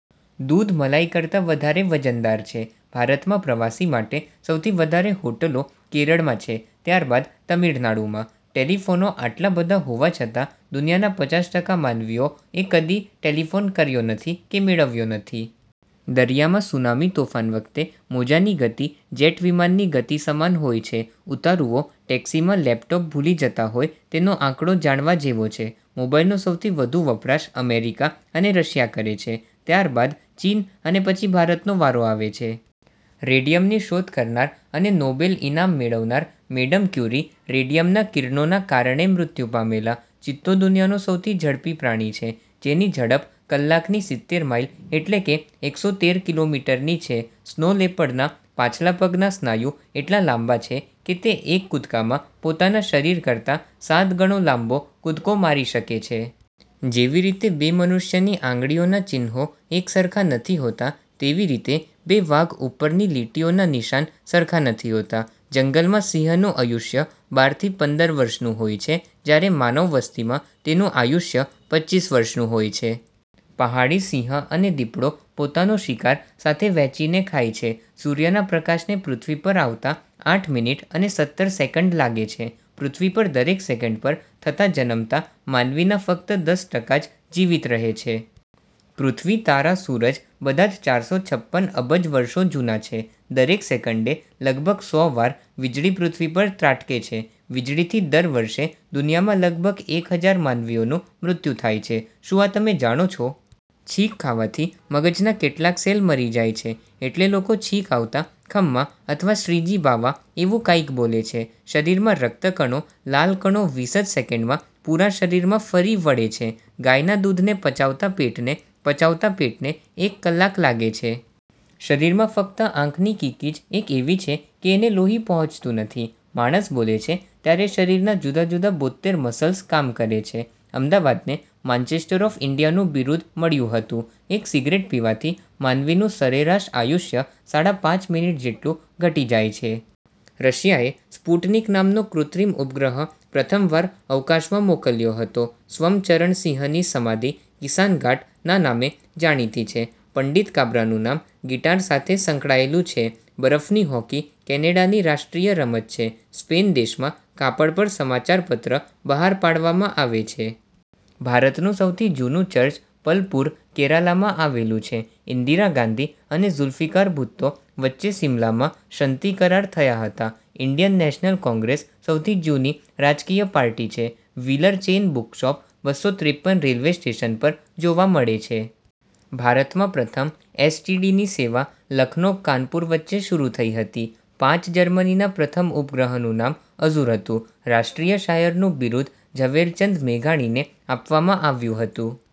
દૂધ મલાઈ કરતાં વધારે વજનદાર છે. ભારતમાં પ્રવાસી માટે સૌથી વધારે હોટલો કેરળમાં છે ત્યારબાદ તમિળનાડુમાં છે. ટેલિફોનો આટલા બધા હોવા છતાં દુનિયાનાં પચાસ ટકા માનવીઓ એ કદી ટેલિફોન કર્યો નથી કે મેળવ્યો નથી. દરિયામાં સુનામી તોફાન વખતે મોજાની ગતિ જેટ વિમાનની ગતિ સમાન હોય છે. ઉતારુઓ ટેક્સીમાં લેપટોપ ભૂલી જતાં હોય તેનો આંકડો જાણવા જેવો છે. મોબાઈલનો સૌથી વધુ વપરાશ અમેરિકા અને રશિયા કરે છે, ત્યારબાદ ચીન અને પછી ભારતનો વારો આવે છે. રેડિયમની શોધ કરનાર અને નોબેલ ઈનામ મેળવનાર મેડમ ક્યુરી રેડિયમનાં કિરણોના કારણે મૃત્યુ પામેલા. ચિત્તો દુનિયાનું સૌથી ઝડપી પ્રાણી છે, જેની ઝડપ કલાકની સિતેર માઈલ એટલે કે એકસો તેર કિલોમીટર ની છે. સ્નો લેપર્ડના પાછલા પગના સ્નાયુ એટલા લાંબા છે કે તે એક કૂદકામાં પોતાના શરીર કરતા સાત ગણો લાંબો કૂદકો મારી શકે છે. જેવી રીતે બે મનુષ્યની આંગળીઓનાં ચિન્હો એક સરખા નથી હોતા તેવી રીતે બે વાઘ ઊપરની લીટીઓના નિશાન સરખા નથી હોતા. જંગલમાં સિંહનું અયુષ્ય બાર થી પંદર વર્ષનું હોય છે, જ્યારે માનવ વસ્તિમાં તેનું આયુષ્ય પચીસ વર્ષનું હોય છે. પહાડી સિંહ અને દીપડો પોતાનો શિકાર સાથે વહેંચીને ખાય છે. સૂર્યના પ્રકાશને પૃથ્વી પર આવતા આઠ મિનિટ અને સત્તર સેકંડ લાગે છે. પૃથ્વી પર દરેક સેકન્ડ પર થતા જનમતા માનવીના ફક્ત દસ ટકા જ જીવીત રહે છે. પૃથ્વી, તારા, સૂરજ બધાં જ ચારસો છપ્પન અબજ વર્ષો જૂના છે. દરેક સેકંડે લગભગ સો વાર વીજળી પૃથ્વી પર ત્રાટકે છે. વીજળીથી દર વર્ષે દુનિયામાં લગભગ એક હજાર માનવીઓનું મૃત્યુ થાય છે. શું આ તમે જાણો છો? છીંક ખાવાથી મગજનાં કેટલાક સેલ મરી જાય છે એટલે લોકો છીંક આવતા 'ખમ્મા' અથવા 'શ્રીજી બાવા' એવું કાંઈક બોલે છે. શરીરમાં રક્તકણો લાલ કણો વીસ જ સેકેંડમાં પૂરા શરીરમાં ફરી વળે છે. ગાયના દૂધને પચાવતા પેટને પચાવતા પેટને એક કલાક લાગે છે. શરીરમાં ફક્ત આંખની કીકી જ એક એવી છે કે એને લોહી પહોંચતું નથી. માણસ બોલે છે ત્યારે શરીરના જુદાજુદા બોત્તેર મસલ્સ કામ કરે છે. અમદાવાદને 'માંચેસ્ટર ઑફ ઈંડિયા'નું બિરુદ મળ્યું હતું. એક સિગરેટ પીવાથી માનવીનું સરેરાશ આયુષ્ય સાડા પાંચ મિનિટ જેટલું ઘટી જાય છે. રશિયાએ 'સ્પુટનિક' નામનો કૃત્રિમ ઉપગ્રહ પ્રથમવાર અવકાશમાં મોકલ્યો હતો. સ્વ. ચરણસિંહની સમાધિ 'કિસાન ઘાટ' ના નામે જાણીતી છે. પંડિત કાબરાનું નામ 'ગિટાર' સાથે સંકળાયેલુ છે. 'બરફ્ની હૉકી' કૅનેડાની રાષ્ટ્રીય રમત છે. સ્પેન દેશમાં કાપડ પર સમાચાર પત્ર બહાર પાડવામાં આવે છે. ભારતનું સૌથી જૂનું ચર્ચ પલપુર-કેરાલામાં આવેલું છે. ઈંદિરા ગાંધી અને ઝુલ્ફીકાર ભુત્તો વચ્ચેસિમલામાં શંતિ કરાર થયા હતા. 'ઈંડિયન નેશનલ કૉંગ્રેસ' સૌથી જૂની રાજકીય પાર્ટી છે. 'વ્હીલર' ચેઈન બુકશોપ બસો ત્રેપન રેલ્વે સ્ટેશન પર જોવા મળે છે. ભારતમાં પ્રથમ એસ. ટી. ડી. ની સેવા લખનૌ-કાનપુર વચ્ચે શરુ થઈ હતી. પાંચ. જર્મનીના પ્રથમ ઉપગ્રહનું નામ અઝુર હતું. રાષ્ટ્રીય શાયરનું બિરુદ 'ઝવેરચંદ મેઘાણી'ને આપવામાં આવ્યું હતું.